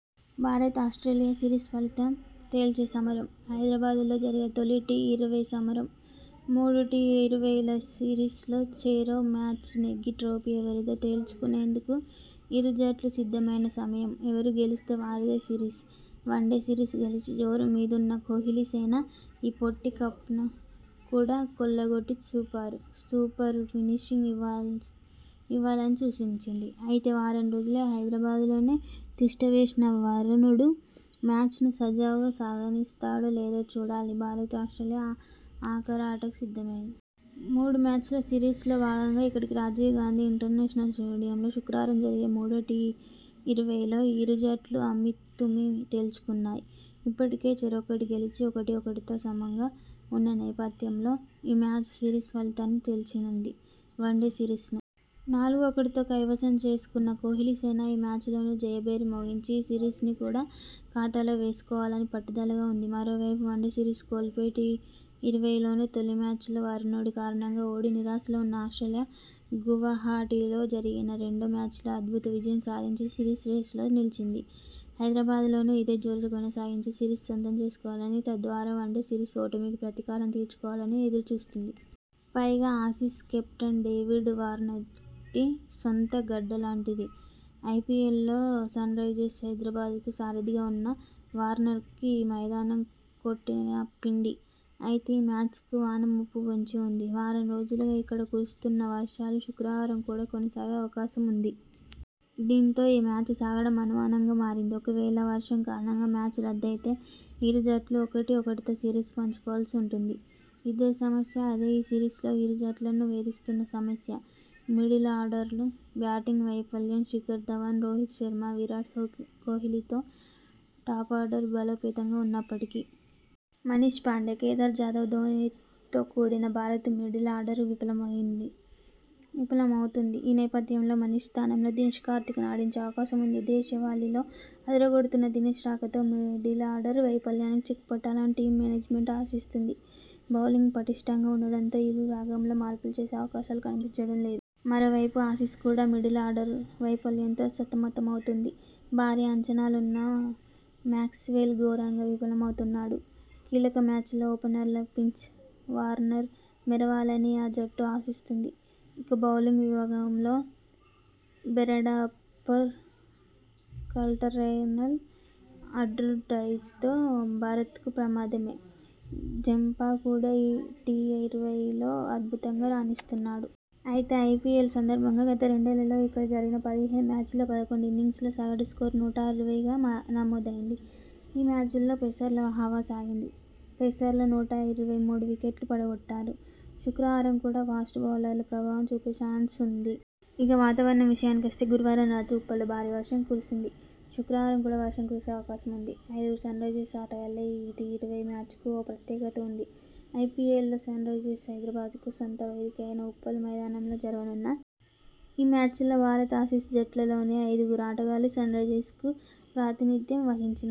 Bharat Australia series ఫలితం తేల్చే సమరం! హైదరాబాద్లో జరిగే తొలి టీ ఇరవై సమరం! మూడు టీ ఇరవైల సిరీస్లో చెరో మ్యాచ్ నెగ్గి ట్రోఫీ ఎవరిదో తేల్చుకునేందుకు ఇరు జట్లూ సిద్ధమైన సమయం ఎవరు గెలిస్తే వారిదే సిరీస్ వన్డే సిరీస్ గెలిచి జోరు మీదున్న కోహ్లీ సేన ఈ పొట్టి కప్ను కూడా కొల్లగొట్టి సూపర్ ఫినిషింగ్ ఇవ్వాలని చూస్తోంది అయితే వారం రోజులుగా హైదరాబాద్లోనే తిష్టవేసిన వరుణుడు మ్యాచ్ను సజావుగా సాగనిస్తాడో లేదో చూడాలి భారత్ ఆస్ట్రేలియా ఆఖరాటకు సిద్ధమయ్యాయి. మూడు మ్యాచ్ల సిరీస్లో భాగంగా ఇక్కడి రాజీవ్ గాంధీ ఇంటర్నేషనల్ స్టేడియంలో శుక్రవారం జరిగే మూడో టీ ఇరవైలో ఇరు జట్లూ అమీతుమీ తేల్చుకోనున్నాయి ఇప్పటికే చెరొకటి గెలిచి ఒకటి ఒకటితో సమంగా ఉన్న నేపథ్యంలో ఈ మ్యాచ్ సిరీస్ ఫలితాన్ని తేల్చనుంది వన్డే సిరీస్ను నాలుగు ఒకటితో కైవసం చేసు కున్న కోహ్లీ సేన ఈ మ్యాచ్లోనూ జయ భేరి మోగించి ఈ సిరీస్ను కూడా ఖాతాలో వేసు కోవాలని పట్టుదలగా ఉంది మరోవైపు వన్డే సిరీస్ కోల్పోయి టీ ఇరవైల్లోనూ తొలి మ్యాచ్లో వరుణుడి కారణంగా ఓడి నిరాశలో ఉన్న ఆస్ట్రేలియా గువహటిలో జరిగిన రెండో మ్యాచ్లో అద్భుత విజయం సాధించి సిరీస్ రేసులో నిలిచింది హైదరాబాద్లోనూ ఇదే జోరు కొనసాగించి సిరీస్ సొంతం చేసుకోవాలని తద్వారా వన్డే సిరీస్ ఓటమికి ప్రతీకారం తీర్చుకోవాలని ఎదురు చూస్తోంది. పైగా ఆసీస్ కెప్టెన్ డేవిడ్ వార్నర్కిది సొంత గడ్డలాంటిది. ఐపీఎల్లో సన్రైజర్స్ హైదరాబాద్కు సారధిగా ఉన్న వార్నర్కు ఈ మైదానం కొట్టిన పిండి. అయితే ఈ మ్యాచ్కు వాన ముప్పు పొంచి ఉంది. వారం రోజులుగా ఇక్కడ కురుస్తున్న వర్షాలు శుక్రవారం కూడా కొనసాగే అవకాశం ఉంది. దీంతో ఈ మ్యాచ్ సాగడం అనుమానంగా మారింది. ఒకవేళ వర్షం కారణంగా మ్యాచ్ రద్దయితే ఇరు జట్లూ ఒకటి ఒకటితో సిరీస్ పంచుకోవాల్సి ఉంటుంది. ఇద్దరి సమస్య అదే ఈ సిరీస్లో ఇరు జట్లనూ వేధిస్తున్న సమస్య మిడిలార్డర్ బ్యాటింగ్ వైఫల్యం. శిఖర్ ధవన్, రోహిత్ శర్మ, విరాట్ కోహ్లీతో టాపార్డర్ బలోపేతంగా ఉన్న ప్పటికీ.. మనీష్ పాండే, కేదార్ జాదవ్, ధోనీతో కూడిన భారత మిడిలార్డర్ విఫలమవుతోంది. ఈ నేపథ్యంలో మనీష్ స్థానంలో దినేష్ కార్తీక్ ను ఆడించే అవకాశం ఉంది. దేశ వాళీల్లో అదర గొడుతున్న దినేష్ రాకతో మిడిలార్డర్ వైఫల్యానికి చెక్ పెట్టాలని టీమ్ మేనేజ్మెంట్ ఆశిస్తోంధి బౌలింగ్ పటిష్టంగా ఉండడంతో ఈ విభాగంలో మార్పులు చేసే అవకాశాలు కనిపించడం లేదు. మరోవైపు ఆసీస్ కూడా మిడిలార్డర్ వైఫల్యంతో సమమతమవుతోంది. భారీ అంచనాలున్న మాక్స్వెల్ ఘోరంగా విఫలమవుతున్నాడు. కీలక మ్యాచ్లో ఓపెనర్లు ఫించ్, వార్నర్ మెరవాలని ఆ జట్టు ఆశిస్తోంది. ఇక బౌలింగ్ విభాగంలో బెరెండార్ఫ్, కల్టర్నైల్, ఆండ్రూ టైతో భారత్కు ప్రమాదమే. జంపా కూడా టీ ఇరవైల్లో అద్భుతంగా రాణిస్తున్నాడు. అయితే ఐపీఎల్ సందర్భంగా గత రెండేళ్లలో ఇక్క డ జరిగిన పదిహేను మ్యాచ్ల్లో పదకొండు ఇన్నింగ్స్ లో సగటు స్కోరు నూట అరవైగా నమోదైంది. ఈ మ్యాచ్ల్లో పేసర్ల హవా సాగింది. పేసర్లు నూట ఇరవై మూడు వికెట్లు పడగొట్టారు. శుక్రవారం కూడా ఫాస్ట్ బౌలర్లు ప్రభావం చూపే చాన్సుంది. ఇక వాతావరణం విషయానికొస్తే గురువారం రాత్రి ఉప్పల్లో భారీ వర్షం కురిసంది. శుక్రవారం కూడా వర్షం కురిసే అవకాశం ఉంది. ఐదుగురు సన్రైజర్స్ ఆటగాళ్లే! ఈ టీఇరవై మ్యాచ్కు ఓ ప్రత్యేకత ఉంది. ఐపీఎల్లో సన్రైజర్స్ హైద రాబాద్కు సొంత వేదికైన ఉప్పల్ మైదానంలో జరుగనున్న ఈ మ్యా చ్లో భారత్, ఆసీస్ జట్లలోని ఐదు గురు ఆటగాళ్లు సన్రైజర్స్కు ప్రాతినిధ్యం వహించిన